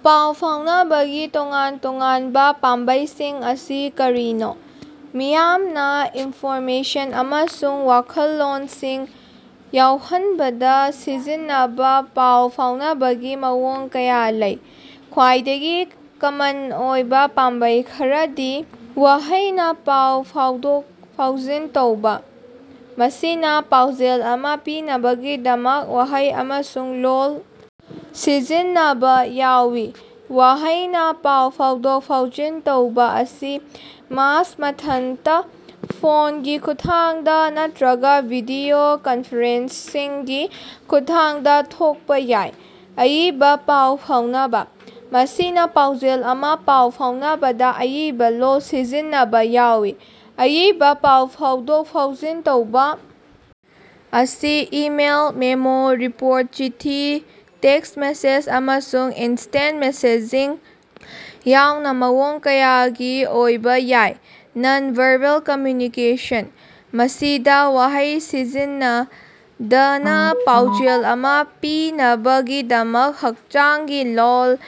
ꯄꯥꯎ ꯐꯥꯎꯅꯕꯒꯤ ꯇꯣꯉꯥꯟ-ꯇꯣꯉꯥꯟꯕ ꯄꯥꯝꯕꯩꯁꯤꯡ ꯑꯁꯤ ꯀꯔꯤꯅꯣ? ꯃꯤꯌꯥꯝꯅ ꯏꯟꯐꯣꯔꯃꯦꯁꯟ ꯑꯃꯁꯨꯡ ꯋꯥꯈꯜꯂꯣꯟꯁꯤꯡ ꯌꯧꯍꯟꯕꯗ ꯁꯤꯖꯤꯟꯅꯕ ꯄꯥꯎ ꯐꯥꯎꯅꯕꯒꯤ ꯃꯑꯣꯡ ꯀꯌꯥ ꯂꯩ꯫ ꯈ꯭ꯋꯥꯏꯗꯒꯤ ꯀꯃꯟ ꯑꯣꯏꯕ ꯄꯥꯝꯕꯩ ꯈꯔꯗꯤ: ꯋꯥꯍꯩꯅ ꯄꯥꯎ ꯐꯥꯎꯗꯣꯛ-ꯐꯥꯎꯖꯤꯟ ꯇꯧꯕ: ꯃꯁꯤꯗ ꯄꯥꯎꯖꯦꯜ ꯑꯃ ꯄꯤꯅꯕꯒꯤꯗꯃꯛ ꯋꯥꯍꯩ ꯑꯃꯁꯨꯡ ꯂꯣꯜ ꯁꯤꯖꯤꯟꯅꯕ ꯌꯥꯎꯏ꯫ ꯋꯥꯍꯩꯅ ꯄꯥꯎ ꯐꯥꯎꯗꯣꯛ-ꯐꯥꯎꯖꯤꯟ ꯇꯧꯕ ꯑꯁꯤ ꯃꯁ ꯃꯊꯟꯇ, ꯐꯣꯟꯒꯤ ꯈꯨꯠꯊꯥꯡꯗ ꯅꯠꯇ꯭ꯔꯒ ꯚꯤꯗꯤꯑꯣ ꯀꯟꯐꯔꯦꯟꯁꯤꯡꯒꯤ ꯈꯨꯠꯊꯥꯡꯗ ꯊꯣꯛꯄ ꯌꯥꯏ꯫ ꯑꯏꯕ ꯄꯥꯎ ꯐꯥꯎꯅꯕ: ꯃꯁꯤꯗ ꯄꯥꯎꯖꯦꯜ ꯑꯃ ꯄꯥꯎ ꯐꯥꯎꯅꯕꯗ ꯑꯏꯕ ꯂꯣꯜ ꯁꯤꯖꯤꯟꯅꯕ ꯌꯥꯎꯏ꯫ ꯑꯏꯕ ꯄꯥꯎ ꯐꯥꯎꯗꯣꯛ-ꯐꯥꯎꯖꯤꯟ ꯇꯧꯕ ꯑꯁꯤ ꯏꯃꯦꯜ, ꯃꯦꯃꯣ, ꯔꯤꯄꯣꯔꯠ, ꯆꯤꯊꯤ, ꯇꯦꯛꯁꯠ ꯃꯦꯁꯦꯖ, ꯑꯃꯁꯨꯡ ꯏꯟꯁꯇꯦꯟꯇ ꯃꯦꯁꯦꯖꯤꯡ ꯌꯥꯎꯅ ꯃꯑꯣꯡ ꯀꯌꯥꯒꯤ ꯑꯣꯏꯕ ꯌꯥꯏ꯫ ꯅꯟ-ꯚꯥꯔꯕꯦꯜ ꯀꯝꯃ꯭ꯌꯨꯅꯤꯀꯦꯁꯟ: ꯃꯁꯤꯗ ꯋꯥꯍꯩ ꯁꯤꯖꯤꯟꯅꯗꯅ ꯄꯥꯎꯖꯦꯜ ꯑꯃ ꯄꯤꯅꯕꯒꯤꯗꯃꯛ ꯍꯛꯆꯥꯡꯒꯤ ꯂꯣꯜ,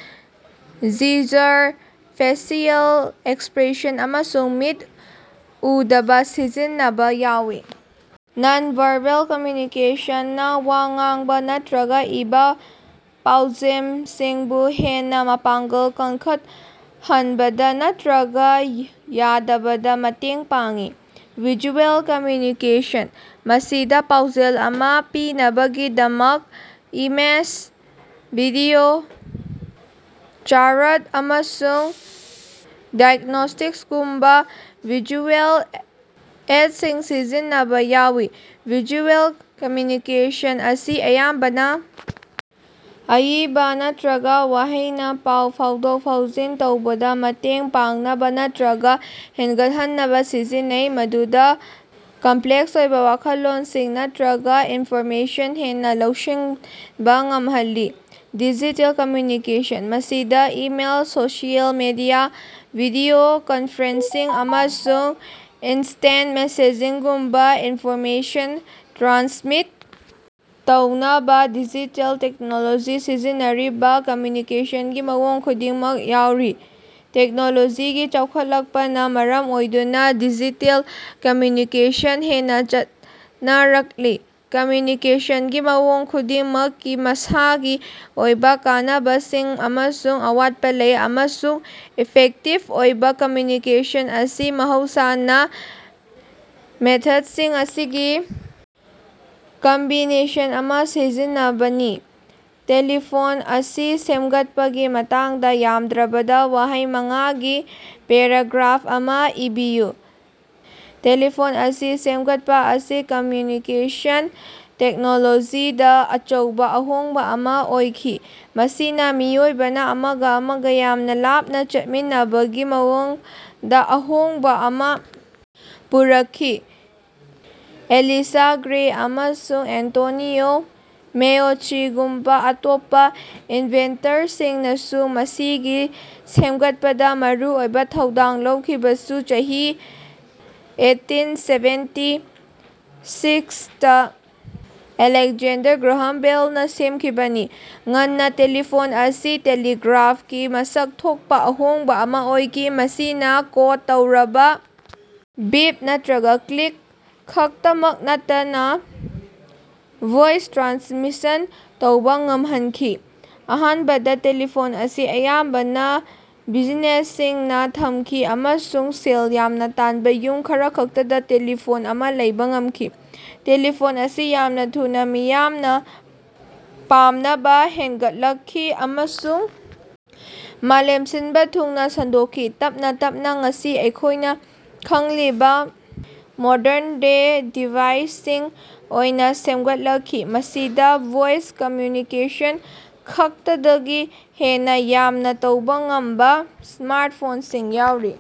ꯖꯤꯖꯔ, ꯐꯦꯁꯤꯑꯦꯜ ꯑꯦꯛꯁꯄ꯭ꯔꯦꯁꯟ ꯑꯃꯁꯨꯡ ꯃꯤꯠ ꯎꯗꯕ ꯁꯤꯖꯤꯟꯅꯕ ꯌꯥꯎꯏ꯫ ꯅꯟ-ꯚꯥꯔꯕꯦꯜ ꯀꯝꯃ꯭ꯌꯨꯅꯤꯀꯦꯁꯟꯅ ꯋꯥ ꯉꯥꯡꯕ ꯅꯠꯇ꯭ꯔꯒ ꯏꯕꯥ ꯄꯥꯎꯖꯦꯝꯁꯤꯡꯕꯨ ꯍꯦꯟꯅ ꯃꯄꯥꯡꯒꯜ ꯀꯟꯈꯠꯍꯟꯕꯗ ꯅꯠꯇ꯭ꯔꯒ ꯌꯥꯗꯕꯗ ꯃꯇꯦꯡ ꯄꯥꯡꯏ꯫ ꯚꯤꯖꯨꯑꯦꯜ ꯀꯝꯃ꯭ꯌꯨꯅꯤꯀꯦꯁꯟ: ꯃꯁꯤꯗ ꯄꯥꯎꯖꯦꯜ ꯑꯃ ꯄꯤꯅꯕꯒꯤꯗꯃꯛ ꯏꯃꯦꯖ, ꯚꯤꯗꯤꯑꯣ, ꯆꯥꯔꯠ, ꯑꯃꯁꯨꯡ ꯗꯥꯏꯒ꯭ꯅꯣꯁꯇꯤꯛꯒꯨꯝꯕ ꯚꯤꯖꯨꯑꯦꯜ ꯑꯦꯗꯁꯤꯡ ꯁꯤꯖꯤꯟꯅꯕ ꯌꯥꯎꯏ꯫ ꯚꯤꯖꯨꯑꯦꯜ ꯀꯝꯃ꯭ꯌꯨꯅꯤꯀꯦꯁꯟ ꯑꯁꯤ ꯑꯌꯥꯝꯕꯅ ꯑꯏꯕ ꯅꯠꯇ꯭ꯔꯒ ꯋꯥꯍꯩꯅ ꯄꯥꯎ ꯐꯥꯎꯗꯣꯛ-ꯐꯥꯎꯖꯤꯟ ꯇꯧꯕꯗ ꯃꯇꯦꯡ ꯄꯥꯡꯅꯕ ꯅꯠꯇ꯭ꯔꯒ ꯍꯦꯟꯒꯠꯍꯟꯅꯕ ꯁꯤꯖꯤꯟꯅꯩ, ꯃꯗꯨꯅ ꯀꯝꯄ꯭ꯂꯦꯛꯁ ꯑꯣꯏꯕ ꯋꯥꯈꯜꯂꯣꯟꯁꯤꯡ ꯅꯠꯇ꯭ꯔꯒ ꯏꯟꯐꯣꯔꯃꯦꯁꯟ ꯍꯦꯟꯅ ꯂꯧꯁꯤꯟꯕ ꯉꯝꯍꯜꯂꯤ꯫ ꯗꯤꯖꯤꯇꯦꯜ ꯀꯝꯃ꯭ꯌꯨꯅꯤꯀꯦꯁꯟ: ꯃꯁꯤꯗ email, social media, video conferencing, ꯑꯃꯁꯨꯡ ꯏꯟꯁꯇꯦꯟꯇ ꯃꯦꯁꯦꯖꯤꯡꯒꯨꯝꯕ ꯏꯟꯐꯣꯔꯃꯦꯁꯟ ꯇ꯭ꯔꯥꯟꯁꯃꯤꯠ ꯇꯧꯅꯕ ꯗꯤꯖꯤꯇꯦꯜ ꯇꯦꯛꯅꯣꯂꯣꯖꯤ ꯁꯤꯖꯤꯟꯅꯔꯤꯕ ꯀꯝꯃ꯭ꯌꯨꯅꯤꯀꯦꯁꯟꯒꯤ ꯃꯑꯣꯡ ꯈꯨꯗꯤꯡꯃꯛ ꯌꯥꯎꯔꯤ꯫ ꯇꯦꯛꯅꯣꯂꯣꯖꯤꯒꯤ ꯆꯥꯎꯈꯠꯂꯛꯄꯅ ꯃꯔꯝ ꯑꯣꯏꯗꯨꯅ ꯗꯤꯖꯤꯇꯦꯜ ꯀꯝꯃ꯭ꯌꯨꯅꯤꯀꯦꯁꯟ ꯍꯦꯟꯅ ꯆꯠꯅꯔꯛꯂꯤ꯫ ꯀꯝꯃ꯭ꯌꯨꯅꯤꯀꯦꯁꯟꯒꯤ ꯃꯑꯣꯡ ꯈꯨꯗꯤꯡꯃꯛꯀꯤ ꯃꯁꯥꯒꯤ ꯑꯣꯏꯕ ꯀꯥꯟꯅꯕꯁꯤꯡ ꯑꯃꯁꯨꯡ ꯑꯋꯥꯠꯄ ꯂꯩ, ꯑꯃꯁꯨꯡ ꯏꯐꯦꯛꯇꯤꯚ ꯑꯣꯏꯕ ꯀꯝꯃ꯭ꯌꯨꯅꯤꯀꯦꯁꯟ ꯑꯁꯤ ꯃꯍꯧꯁꯥꯅ ꯃꯦꯊꯗꯁꯤꯡ ꯑꯁꯤꯒꯤ ꯀꯝꯕꯤꯅꯦꯁꯟ ꯑꯃ ꯁꯤꯖꯤꯟꯅꯕꯅꯤ꯫ ꯇꯦꯂꯤꯐꯣꯟ ꯑꯁꯤ ꯁꯦꯝꯒꯠꯄꯒꯤ ꯃꯇꯥꯡꯗ ꯌꯥꯝꯗ꯭ꯔꯕꯗ ꯋꯥꯍꯩ ꯃꯉꯥꯒꯤ ꯄꯦꯔꯥꯒ꯭ꯔꯥꯐ ꯑꯃ ꯏꯕꯤꯌꯨ꯫ ꯇꯦꯂꯤꯐꯣꯟ ꯑꯁꯤ ꯁꯦꯝꯒꯠꯄ ꯑꯁꯤ ꯀꯝꯃ꯭ꯌꯨꯅꯤꯀꯦꯁꯟ ꯇꯦꯛꯅꯣꯂꯣꯖꯤꯗ ꯑꯆꯧꯕ ꯑꯍꯣꯡꯕ ꯑꯃ ꯑꯣꯏꯈꯤ, ꯃꯁꯤꯅ ꯃꯤꯑꯣꯏꯕꯅ ꯑꯃꯒ ꯑꯃꯒ ꯌꯥꯝꯅ ꯂꯥꯞꯅ ꯆꯠꯃꯤꯟꯅꯕꯒꯤ ꯃꯑꯣꯡꯗ ꯑꯍꯣꯡꯕ ꯑꯃ ꯄꯨꯔꯛꯈꯤ꯫ ꯑꯦꯂꯤꯁꯥ ꯒ꯭ꯔꯦ ꯑꯃꯁꯨꯡ ꯑꯦꯟꯇꯣꯅꯤꯑꯣ ꯃꯦꯎꯆꯤꯒꯨꯝꯕ ꯑꯇꯣꯞꯄ ꯏꯟꯚꯦꯟꯇꯔꯁꯤꯡꯅꯁꯨ ꯃꯁꯤꯒꯤ ꯁꯦꯝꯒꯠꯄꯗ ꯃꯔꯨꯑꯣꯏꯕ ꯊꯧꯗꯥꯡ ꯂꯧꯈꯤꯕꯁꯨ ꯆꯍꯤ eighteen seventy six Alexander Graham ꯕꯦꯜꯅ ꯁꯦꯝꯈꯤꯕꯅꯤ꯫ ꯉꯟꯅ ꯇꯦꯂꯤꯐꯣꯟ ꯑꯁꯤ ꯇꯦꯂꯤꯒ꯭ꯔꯥꯐꯇꯒꯤ ꯃꯁꯛ ꯊꯣꯛꯄ ꯑꯍꯣꯡꯕ ꯑꯃ ꯑꯣꯏꯈꯤ; ꯃꯁꯤꯅ ꯀꯣꯗ ꯇꯧꯔꯕ ꯕꯤꯞ ꯅꯠꯇ꯭ꯔꯒ ꯀ꯭ꯂꯤꯛ ꯈꯛꯇꯃꯛ ꯅꯠꯇꯅ ꯚꯣꯏꯁ ꯇ꯭ꯔꯥꯟꯁꯃꯤꯁꯟ ꯇꯧꯕ ꯉꯝꯍꯟꯈꯤ꯫ ꯑꯍꯥꯟꯕꯗ ꯇꯦꯂꯤꯐꯣꯟ ꯑꯁꯤ ꯑꯌꯥꯝꯕꯅ ꯕꯤꯖꯤꯅꯦꯁꯁꯤꯡꯅ ꯊꯝꯈꯤ ꯑꯃꯁꯨꯡ ꯁꯦꯜ ꯌꯥꯝꯅ ꯇꯥꯟꯕ ꯌꯨꯝ ꯈꯔꯈꯛꯇꯗ ꯇꯦꯂꯤꯐꯣꯟ ꯑꯃ ꯂꯩꯕ ꯉꯝꯈꯤ꯫ ꯇꯦꯂꯤꯐꯣꯟ ꯑꯁꯤ ꯌꯥꯝꯅ ꯊꯨꯅ ꯃꯤꯌꯥꯝꯅ ꯄꯥꯝꯅꯕ ꯍꯦꯟꯒꯠꯂꯛꯈꯤ ꯑꯃꯁꯨꯡ ꯃꯥꯂꯦꯝ ꯁꯤꯟꯕ ꯊꯨꯡꯅ ꯁꯟꯗꯣꯛꯈꯤ, ꯇꯞꯅ ꯇꯞꯅ ꯉꯁꯤ ꯑꯩꯈꯣꯏꯅ ꯈꯪꯂꯤꯕ ꯃꯣꯗꯔꯟ ꯗꯦ ꯗꯤꯚꯥꯏꯁꯁꯤꯡ ꯑꯣꯏꯅ ꯁꯦꯝꯒꯠꯂꯛꯈꯤ, ꯃꯁꯤꯗꯥ ꯚꯣꯏꯁ ꯀꯝꯃ꯭ꯌꯨꯅꯤꯀꯦꯁꯟ ꯈꯛꯇꯗꯒꯤ ꯍꯦꯟꯅ ꯌꯥꯝꯅ ꯇꯧꯕ ꯉꯝꯕ ꯁ꯭ꯃꯥꯔꯇꯐꯣꯟꯁꯤꯡ ꯌꯥꯎꯔꯤ꯫